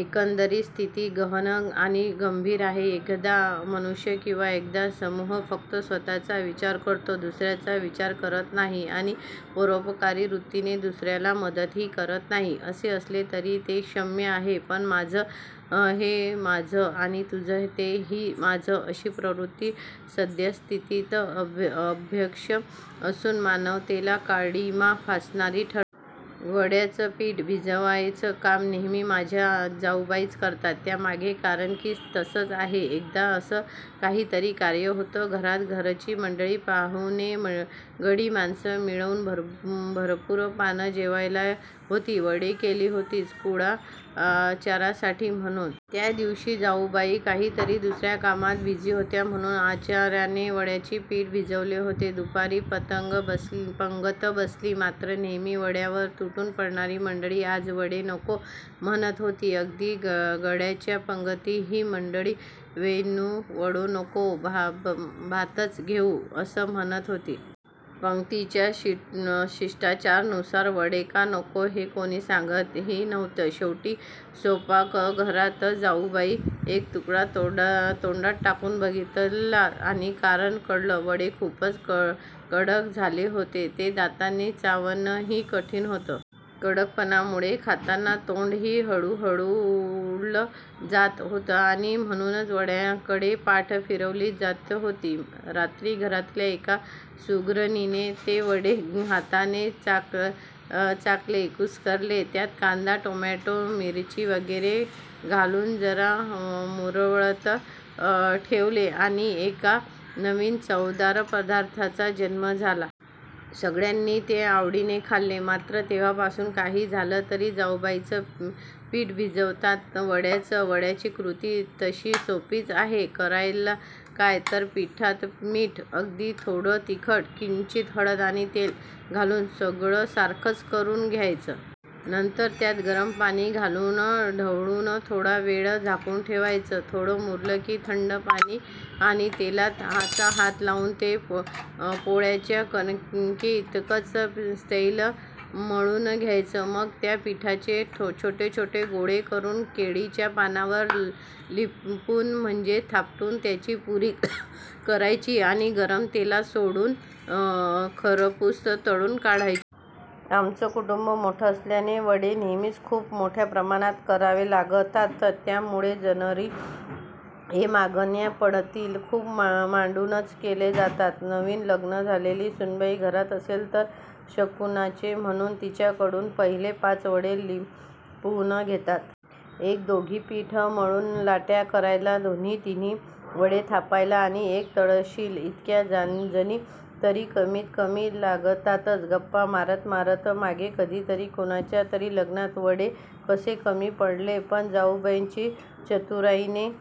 एकंदरीत स्थिती गहन आणि गंभीर आहे. एखादा मनुष्य किंवा एखादा समूह फक्त स्वतःचा विचार करतो, दुसऱ्याचा विचार करत नाही आणि परोपकारी वृत्तीने दुसऱ्याला मदतही करत नाही, असे असेल तरी ते क्षम्य आहे; पण "माझं ते माझं आणि तुझं तेही माझंच" अशी प्रवृत्ती सद्यस्थितीत अभ्यम असून मानवतेला काळिमा फासणारी ठरते. वड्याचं पीठ भिजवायचं काम नेहमी माझ्या जाऊबाईच करतात. त्यामागे कारण ही तसंच आहे. एकदा असंच काहीतरी कार्य होतं घरात. घरची मंडळी, पाव्हणे, गडी माणसं मिळून भरपूर पानं जेवायला होती. वडे केले होतेच कुळाचारासाठी म्हणून. त्या दिवशी जाऊबाई काहीतरी दुसऱ्या कामात बिझी होत्या म्हणून आचाऱ्याने वड्याचं पीठ भिजवलं होतं. दुपारी पंगत बसली. मात्र नेहमी वड्यांवर तुटून पडणारी मंडळी आज वडे नको म्हणत होती. अगदी गड्यांच्या पंगतीत ही मंडळी " वैनीनू, वडो नको, भातचं घेतंय " असंच म्हणत होती. पंगतीच्या शिष्टाचारा नुसार वडे का नकोत हे कोणी सांगत ही नव्हतं. शेवटी सैपाकघरात जाऊबाईंनी एक तुकडा तोंडात टाकून बघितला आणि कारण कळलं. वडे खूपच कडक झाले होते. ते दातांनी चावण ही कठीण होत. कडकपणामुळे खाताना तोंड ही हुळहुळलं जात होतं आणि म्हणूनच वड्यांकडे पाठ फिरवली जात होती. रात्री घरातल्या एका सुगरणीने ते वडे हाताने चांगले कुस्करले. त्यात कांदा टोमॅटो मिरची वैगेरे घालून जरा मुरवत ठेवले आणि एका नवीन चवदार पदार्थाचा जन्म झाला. सगळ्यांनी ते आवडीने खाल्ले. मात्र तेव्हापासून काही झालं तरी जाऊबाईच पीठ भिजवतात वड्याचं. वड्याची कृती तशी सोपीच आहे. करायचं काय तर पिठात मीठ, अगदी थोडं तिखट, किंचित हळद आणि तेल घालून सगळं सारखं करून घ्यायचं. नंतर त्यात गरम पाणी घालून ढवळून थोडा वेळ झाकून ठेवायचं. थोडं मुरलं की थंड पाणी आणि तेलाचा हात लावून ते पोळ्यांच्या कणके इतपत सैल मळून घ्यायचं. मग त्या पिठाचे छोटे छोटे गोळे करून केळीच्या पानावर लिपुन म्हणजेच थापून त्याची पुरी करायची आणि गरम तेलात सोडून खरपूस तळून काढायचे. आमचं कुटुंब मोठं असल्याने वडे नेहमीच खूप मोठया प्रमाणात करावे लागतात. त्यामुळे जनरली हे मागच्या पडवीत चूल मांडूनच केले जातात. नवीन लग्न झालेली सुनबाई घरात असेल तर शकुनाचे म्हणून तिच्याकडून पहिले पाच वडे लिपुन घेतात. एक दोघी पीठ मळून लाट्या करायला, दोघी तिघी वडे थापायला आणि एक तळणीशी इतक्या जणी तरी कमीत कमी लागतातच. गप्पा मारत मारत मागे कधीतरी कोणाच्या तरी लग्नात वडे कसे कमी पडले पण जाऊबाईंनी चतुराईने